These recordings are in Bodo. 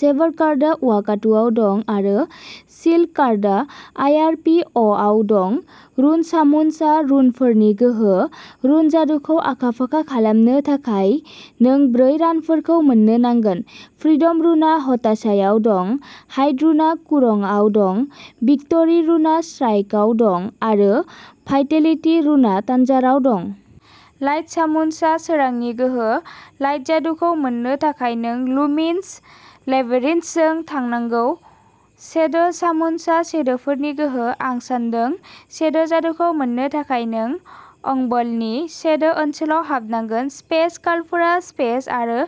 सेबार कार्डआ वाकातुआव दं आरो शील्ड कार्डआ आइ. आर. पि. अ'आव दं। रुन-सामुनसआ रुनफोरनि गोहो। रुन जादुखौ आखा-फाखा खालामनो थाखाय, नों ब्रै रानफोरखौ मोन्नो नांगोन। फ्रिडम रुनआ हताशायाव दं, हाइड रुनआ कुरंआव दं, विक्ट'रि रुनआ श्राइकआव दं, आरो भाइटेलिटि रुनआ तान्जाराव दं। लाइट सामुनसआ सोरांनि गोहो। लाइट जादुखौ मोन्नो थाखाय नों लुमिनस लेबिरिनथजों थांनांगौ। शेडो सामुनसआ शेडोफोरनि गोहो, आं सान्दों। शेडो जादुखौ मोन्नो थाखाय नों अंबलनि शेडो ओनसोलाव हाबनांगोन। स्पेस-कालफोरा स्पेस आरो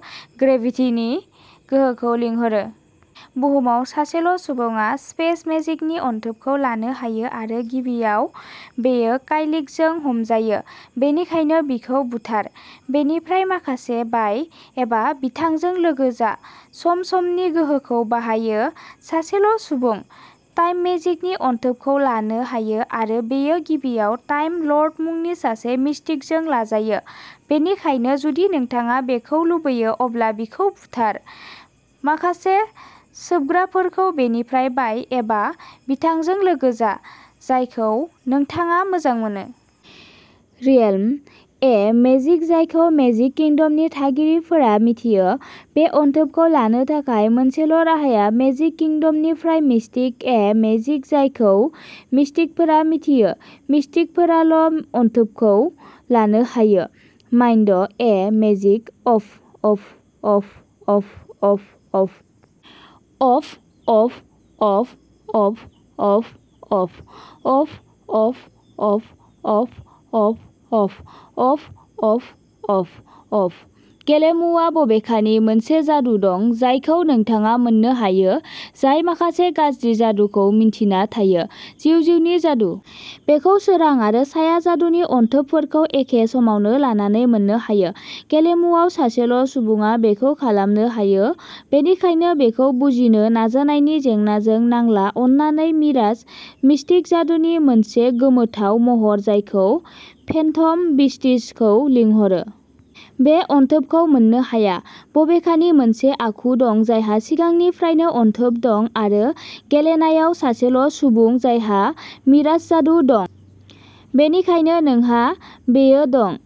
ग्रेभिटिनि गोहोखौ लिंहरो। बुहुमाव सासेल'सुबुङा स्पेस मेजिकनि अनथोबखौ लानो हायो आरो गिबियाव, बेयो काइलिनजों हमजायो, बेनिखायनो बिखौ बुथार, बेनिफ्राय माखासे बाय, एबा बिथांजों लोगो जा सम-समनि गोहोखौ बाहायो। सासेल' सुबुं। टाइम मेजिकनि अनथोबखौ लानो हायो आरो बेयो गिबियाव टाइम लर्ड मुंनि सासे मिस्टिकजों लाजायो, बेनिखायनो जुदि नोंथाङा बेखौ लुबैयो अब्ला बिखौ बुथार, माखासे सोबग्राफोरखौ बेनिफ्राय बाय, एबा बिथांजों लोगो जा, जायखौ नोंथाङा मोजां मोनो। रियेल्म ए मेजिक जायखौ मेजिक किंडमनि थागिरिफोरा मिथियो। बे अनथोबखौ लानो थाखाय मोनसेल' राहाया मेजिक किंडमनिफ्राय मिस्टिक-ए मेजिक जायखौ मिस्टिकफोरा मिथियो। मिस्टिकफोराल' अनथोबखौ लानो हायो। माइन्ड-ए magic... of... of... of... of... of... of... of... of... of... of... of... of... of... of... of... of... of... of... of... of... of... of. गेलेमुआ, बबेखानि मोनसे आखु दं जायखौ नोंथाङा मोन्नो हायो जाय माखासे गाज्रि जादुखौ मिन्थिना थायो। जिउ जिउनि जादु। बेखौ सोरां आरो साया जादुनि अनथोबफोरखौ एखे समावनो लानानै मोननो हायो। गेलेमुआव सासेल' सुबुङा बेखौ खालामनो हायो, बेनिखायनो बेखौ बुजिनो नाजानायनि जेंनाजों नांला अन्नानै मिराज-मिस्टिक जादुनि मोनसे गोमोथाव महर जायखौ फेन्टम बिस्ट्सखौ लिंहरो। बे अनथोबखौ मोननो हाया, बबेखानि मोनसे आखु दं जायहा सिगांनिफ्रायनो अनथोब दं आरो गेलेनायाव सासेल' सुबुं जायहा मिराज जादु दं। बेनिखायनो नोंहा बेयो दं।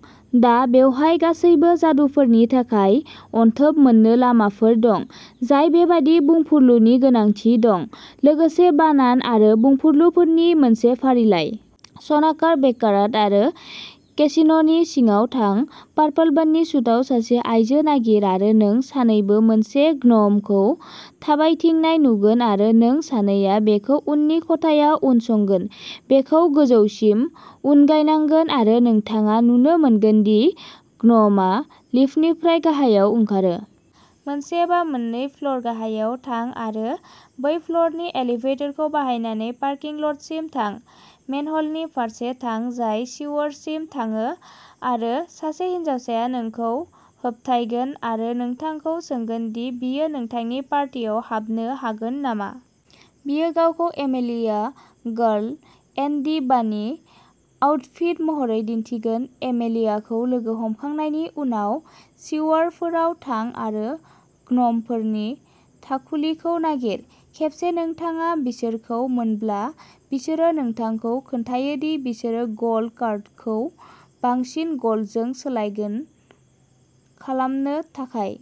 दा बेवहाय गासैबो जादुफोरनि थाखाय "अनथोब" मोन्नो लामाफोर दं जाय बेबादि बुंफुरलुनि गोनांथि दं, लोगोसे बानान आरो बुंफुरलुफोरनि मोनसे फारिलाइ। सना कार्ड-बेक्कारात आरो केसिन'नि सिङाव थां। पार्पल बन्नी सुटआव सासे आयजो नागिर आरो नों सानैबो मोनसे ग्न'मखौ थाबायथिंनाय नुगोन आरो नों सानैया बेखौ उननि खथायाव उनसंगोन। बेखौ गोजौसिम उनगायनांगोन आरो नोंथाङा नुनो मोनगोन दि ग्न'मआ लिफ्टनिफ्राय गाहायाव ओंखारो। मोनसे एबा मोननै फ्ल'र गाहायाव थां आरो बै फ्ल'रनि एलिभेटरखौ बाहायनानै पार्किं ल'टसिम थां। मेनह'लनि फारसे थां, जाय सिवारसिम थाङो आरो सासे हिनजावसाया नोंखौ होबथायगोन आरो नोंथांखौ सोंगोन दि बियो नोंथांनि पार्टियाव हाबनो हागोन नामा। बियो गावखौ एमेलिया गार्ल इन दि बानि आउटफिट महरै दिन्थिगोन। एमेलियाखौ लोगो हमखांनायनि उनाव सिवारफोराव थां आरो ग्न'मफोरनि थाखुलिखौ नागिर। खेबसे नोंथाङा बिसोरखौ मोनब्ला, बिसोरो नोंथांखौ खोन्थायो दि बिसोरो गल्ड कार्डखौ बांसिन गल्डजों सोलायगोन खालामनो थाखाय।